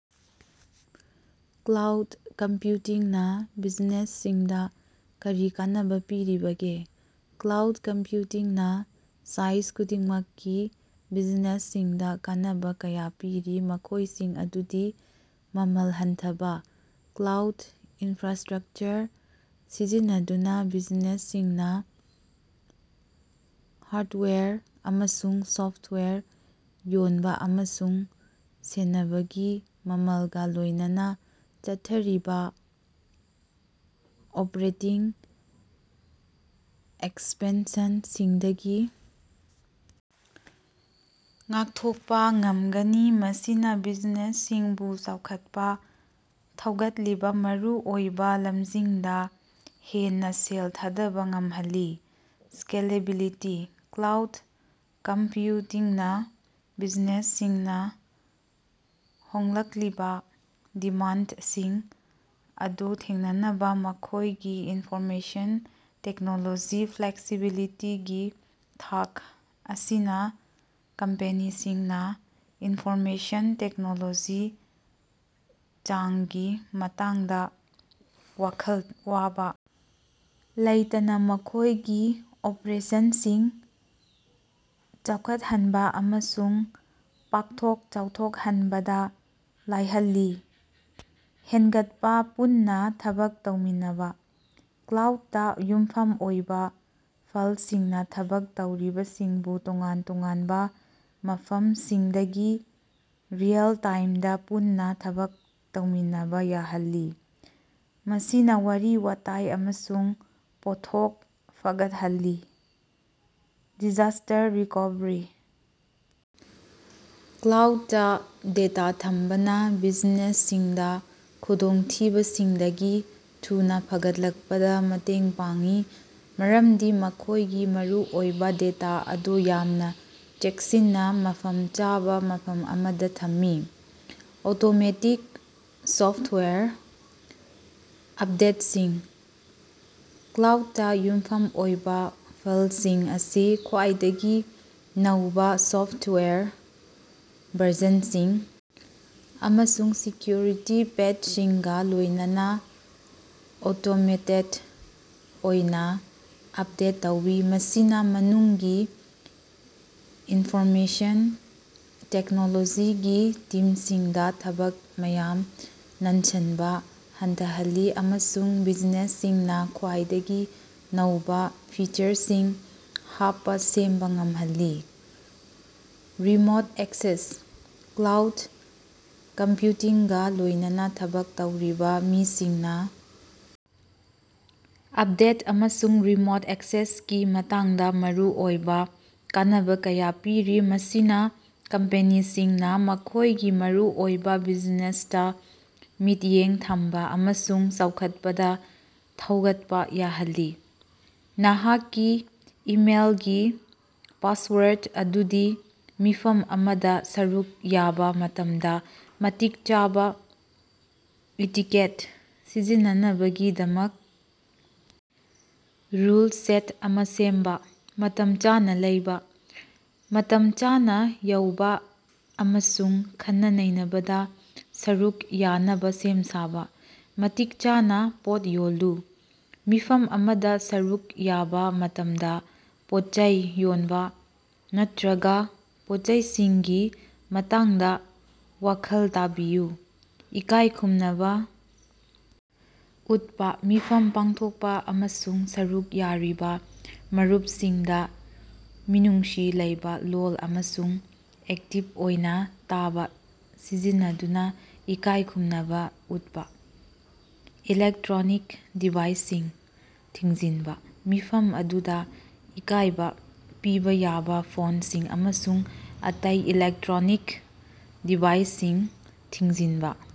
Cloud ꯀꯝꯄ꯭ꯌꯨꯇꯤꯡꯅ ꯕꯤꯖꯤꯅꯦꯁꯁꯤꯡꯗ ꯀꯔꯤ ꯀꯥꯟꯅꯕꯥ ꯄꯤꯔꯤꯕꯒꯦ? Cloud ꯀꯝꯄ꯭ꯌꯨꯇꯤꯡꯅ size ꯈꯨꯗꯤꯡꯃꯛꯀꯤ ꯕꯤꯖꯤꯅꯦꯁꯁꯤꯡꯗ ꯀꯥꯟꯅꯕ ꯀꯌꯥ ꯄꯤꯔꯤ ꯃꯈꯣꯢꯁꯤꯡ ꯑꯗꯨꯗꯤ- ꯃꯃꯜ ꯍꯟꯊꯕꯥ: ꯀ꯭ꯂꯥꯎꯗ ꯏꯟꯐ꯭ꯔꯥꯁ꯭ꯇꯔꯛꯆꯔ ꯁꯤꯖꯤꯟꯅꯗꯨꯅ ꯕꯤꯖꯤꯅꯦꯁꯁꯤꯡꯅ ꯍꯥꯔꯗꯋꯦꯌꯔ ꯑꯃꯁꯨꯡ ꯁꯣꯐꯋꯦꯌꯔ ꯌꯣꯟꯕ ꯑꯃꯁꯨꯡ ꯁꯦꯟꯅꯕꯒꯤ ꯃꯃꯜꯒꯥ ꯂꯣꯢꯅꯅ ꯆꯠꯊꯔꯤꯕ ꯑꯣꯄ꯭ꯔꯦꯇꯤꯡ ꯑꯦꯛꯁꯄꯦꯟꯁꯟꯁꯤꯡꯗꯒꯤ ꯉꯥꯛꯊꯣꯛꯄ ꯉꯝꯒꯅꯤ꯫ ꯃꯁꯤꯅ ꯕꯤꯖꯤꯅꯦꯁꯁꯤꯡꯕꯨ ꯆꯥꯎꯈꯠꯄ ꯊꯧꯒꯠꯂꯤꯕ ꯃꯔꯨꯑꯣꯏꯕ ꯂꯝꯁꯤꯡꯗ ꯍꯦꯟꯅ ꯁꯦꯜ ꯊꯥꯗꯕ ꯉꯝꯍꯜꯂꯤ꯫ ꯁ꯭ꯀꯦꯂꯦꯕꯤꯂꯤꯇꯤ: ꯀ꯭ꯂꯥꯎꯗ ꯀꯝꯞꯌꯨꯇꯤꯡꯅ ꯕꯤꯖꯤꯅꯦꯁꯁꯤꯡꯅ ꯍꯣꯡꯂꯛꯂꯤꯕ ꯗꯤꯃꯥꯟꯗꯁꯤꯡ ꯑꯗꯨ ꯊꯦꯡꯅꯅꯕꯥ ꯃꯈꯣꯢꯒꯤ ꯏꯟꯐꯣꯔꯃꯦꯁꯟ ꯇꯦꯛꯅꯣꯂꯣꯖꯤ ꯐ꯭ꯂꯦꯛꯁꯤꯕꯤꯂꯤꯇꯤꯒꯤ ꯊꯥꯛ ꯑꯁꯤꯅꯥ ꯀꯝꯄꯦꯅꯤꯁꯤꯡꯅꯥ ꯏꯟꯐꯣꯔꯃꯦꯁꯟ ꯇꯦꯛꯅꯣꯂꯣꯖꯤ ꯆꯥꯡꯒꯤ ꯃꯇꯥꯡꯗ ꯋꯥꯈꯜ ꯋꯥꯕ ꯂꯩꯇꯅꯥ ꯃꯈꯣꯢꯒꯤ ꯑꯣꯄꯔꯦꯁꯟꯁꯤꯡ ꯆꯥꯎꯈꯠꯍꯟꯕ ꯑꯃꯁꯨꯡ ꯄꯥꯛꯊꯣꯛ ꯆꯥꯎꯊꯣꯛꯍꯟꯕꯗ ꯂꯥꯏꯍꯟꯂꯤ꯫ ꯍꯦꯟꯒꯠꯄ ꯄꯨꯟꯅ ꯊꯕꯛ ꯇꯧꯃꯤꯟꯅꯕ: ꯀ꯭ꯂꯥꯎꯗꯇ ꯌꯨꯝꯐꯝ ꯑꯣꯏꯕ ꯐꯜꯁꯤꯡꯅ ꯊꯕꯛ ꯇꯧꯔꯤꯕꯁꯤꯡꯕꯨ ꯇꯣꯉꯥꯟ ꯇꯣꯉꯥꯟꯕ ꯃꯐꯝꯁꯤꯡꯗꯒꯤ ꯔꯤꯑꯦꯜ-ꯇꯥꯏꯝꯗ ꯄꯨꯟꯅ ꯊꯕꯛ ꯇꯧꯃꯤꯟꯅꯕ ꯌꯥꯍꯜꯂꯤ꯫ ꯃꯁꯤꯅꯋꯥꯔꯤ ꯋꯥꯇꯥꯏ ꯑꯃꯁꯨꯡ ꯄꯣꯠꯊꯣꯛ ꯐꯒꯠꯍꯜꯂꯤ꯫ ꯗꯤꯖꯥꯁ꯭ꯇꯔ ꯔꯤꯀꯣꯚꯔꯤ: ꯀ꯭ꯂꯥꯎꯗꯇ ꯗꯦꯇꯥ ꯊꯝꯕꯅ ꯕꯤꯖꯤꯅꯦꯁꯁꯤꯡꯗ ꯈꯨꯗꯣꯡꯊꯤꯕꯁꯤꯡꯗꯒꯤ ꯊꯨꯅꯥ ꯐꯒꯠꯂꯛꯄꯗ ꯃꯇꯦꯡ ꯄꯥꯡꯉꯤ ꯃꯔꯝꯗꯤ ꯃꯈꯣꯢꯒꯤ ꯃꯔꯨꯑꯣꯏꯕ ꯗꯦꯇꯥ ꯑꯗꯨ ꯌꯥꯝꯅ ꯆꯦꯛꯁꯤꯟꯅ ꯃꯐꯝ ꯆꯥꯕ ꯃꯐꯝ ꯑꯃꯗ ꯊꯝꯃꯤ꯫ ꯑꯣꯇꯣꯃꯦꯇꯤꯛ ꯁꯣꯐꯇꯋꯥꯌꯔ ꯑꯞꯗꯦꯠꯁꯤꯡ: ꯀ꯭ꯂꯥꯎꯗꯇ ꯌꯨꯝꯐꯝ ꯑꯣꯏꯕ ꯐꯜꯁꯤꯡ ꯑꯁꯤ ꯈ꯭ꯋꯥꯏꯗꯒꯤ ꯅꯧꯕ ꯁꯣꯐꯇꯋꯥꯌꯔ ꯚꯔꯖꯟꯁꯤꯡ ꯑꯃꯁꯨꯡ ꯁꯦꯀ꯭ꯌꯨꯔꯤꯇꯤ ꯄꯦꯆꯁꯤꯡꯒꯥ ꯂꯣꯢꯅꯅꯥ ꯑꯣꯇꯣꯃꯦꯇꯦꯗ ꯑꯣꯏꯅ ꯑꯞꯗꯦꯠ ꯇꯧꯏ ꯃꯁꯤꯅꯥ ꯃꯅꯨꯡꯒꯤ ꯏꯟꯐꯣꯔꯃꯦꯁꯟ ꯇꯦꯛꯅꯣꯂꯣꯖꯤꯒꯤ ꯇꯤꯝꯁꯤꯡꯗ ꯊꯕꯛ ꯃꯌꯥꯝ ꯅꯟꯁꯟꯕ ꯍꯟꯊꯍꯜꯂꯤ ꯑꯃꯁꯨꯡ ꯕꯤꯖꯤꯅꯦꯁꯁꯤꯡꯅ ꯈ꯭ꯋꯥꯏꯗꯒꯤ ꯅꯧꯕꯥ ꯐꯤꯆꯔꯁꯤꯡ ꯍꯥꯞꯄ ꯁꯦꯝꯕ ꯉꯝꯍꯜꯂꯤ꯫ ꯔꯤꯃꯣꯠ ꯑꯦꯛꯁꯦꯁ: ꯀ꯭ꯂꯥꯎꯗ ꯀꯝꯄ꯭ꯌꯨꯇꯤꯡꯒ ꯂꯣꯢꯅꯅ ꯊꯕꯛ ꯇꯧꯔꯤꯕ ꯃꯤꯁꯤꯡꯅ ꯑꯞꯗꯦꯠ, ꯑꯃꯁꯨꯡ ꯔꯤꯃꯣꯠ ꯑꯦꯛꯁꯦꯁꯀꯤ ꯃꯇꯥꯡꯗꯥ ꯃꯔꯨꯑꯣꯏꯕ ꯀꯥꯟꯅꯕ ꯀꯌꯥ ꯄꯤꯔꯤ ꯃꯁꯤꯅꯥ ꯀꯝꯄꯦꯅꯤꯁꯤꯡꯅ ꯃꯈꯣꯢꯒꯤ ꯃꯔꯨꯑꯣꯏꯕ ꯕꯤꯖꯤꯅꯦꯁꯇ ꯃꯤꯠꯌꯦꯡ ꯊꯝꯕ ꯑꯃꯁꯨꯡ ꯆꯥꯎꯈꯠꯄꯗ ꯊꯧꯒꯠꯄꯥ ꯌꯥꯍꯜꯂꯤ꯫ ꯅꯍꯥꯛꯀꯤ ꯏꯃꯦꯜꯒꯤ ꯄꯥꯁꯋꯥꯔꯗ ꯑꯗꯨꯗꯤ ꯃꯤꯐꯝ ꯑꯃꯗ ꯁꯔꯨꯛ ꯌꯥꯕ ꯃꯇꯝꯗ ꯃꯇꯤꯛ ꯆꯥꯕ ꯏꯇꯤꯀꯦꯠ ꯁꯤꯖꯤꯟꯅꯅꯕꯒꯤꯗꯃꯛ ꯔꯨꯜ ꯁꯦꯠ ꯑꯃꯥ ꯁꯦꯝꯕꯥ꯫ ꯃꯇꯝ ꯆꯥꯅꯥ ꯂꯩꯕꯥ: ꯃꯇꯝ ꯆꯥꯅꯥ ꯌꯧꯕꯥ ꯑꯃꯁꯨꯡ ꯈꯟꯅ-ꯅꯩꯅꯕꯗꯥ ꯁꯔꯨꯛ ꯌꯥꯅꯕ ꯁꯦꯝ-ꯁꯥꯕꯥ꯫ ꯃꯇꯤꯛ ꯆꯥꯅꯥ ꯄꯣꯠ ꯌꯣꯜꯂꯨ: ꯃꯤꯐꯝ ꯑꯃꯗ ꯁꯔꯨꯛ ꯌꯥꯕ ꯃꯇꯝꯗ ꯄꯣꯠꯆꯩ ꯌꯣꯟꯕ ꯅꯠꯇ꯭ꯔꯒ ꯄꯣꯠꯆꯩꯁꯤꯡꯒꯤ ꯃꯇꯥꯡꯗ ꯋꯥꯈꯜ ꯇꯥꯕꯤꯌꯨ꯫ ꯏꯀꯥꯏ ꯈꯨꯝꯅꯕ ꯎꯠꯄꯥ: ꯃꯤꯐꯝ ꯄꯥꯡꯊꯣꯛꯄ ꯑꯃꯁꯨꯡ ꯁꯔꯨꯛ ꯌꯥꯔꯤꯕ ꯃꯔꯨꯞꯁꯤꯡꯗ ꯃꯤꯅꯨꯡꯁꯤ ꯂꯩꯕꯥ ꯂꯣꯜ ꯑꯃꯁꯨꯡ ꯑꯦꯛꯇꯤꯕ ꯑꯣꯏꯅ ꯇꯥꯕꯥ ꯁꯤꯖꯤꯟꯅꯗꯨꯅ ꯏꯀꯥꯏ ꯈꯨꯝꯅꯕ ꯎꯠꯄ꯫ ꯏꯂꯦꯛꯇ꯭ꯔꯣꯅꯤꯛ ꯗꯤꯚꯥꯏꯁꯁꯤꯡ ꯊꯤꯡꯖꯤꯟꯕꯥ: ꯃꯤꯐꯝ ꯑꯗꯨꯗꯥ ꯏꯀꯥꯢꯕ ꯄꯤꯕꯥ ꯌꯥꯕ ꯐꯣꯟꯁꯤꯡ ꯑꯃꯁꯨꯡ ꯑꯇꯩ ꯏꯂꯦꯛꯇ꯭ꯔꯣꯅꯤꯛ ꯗꯤꯚꯥꯏꯁꯁꯤꯡ ꯊꯤꯡꯖꯤꯟꯕꯥ ꯫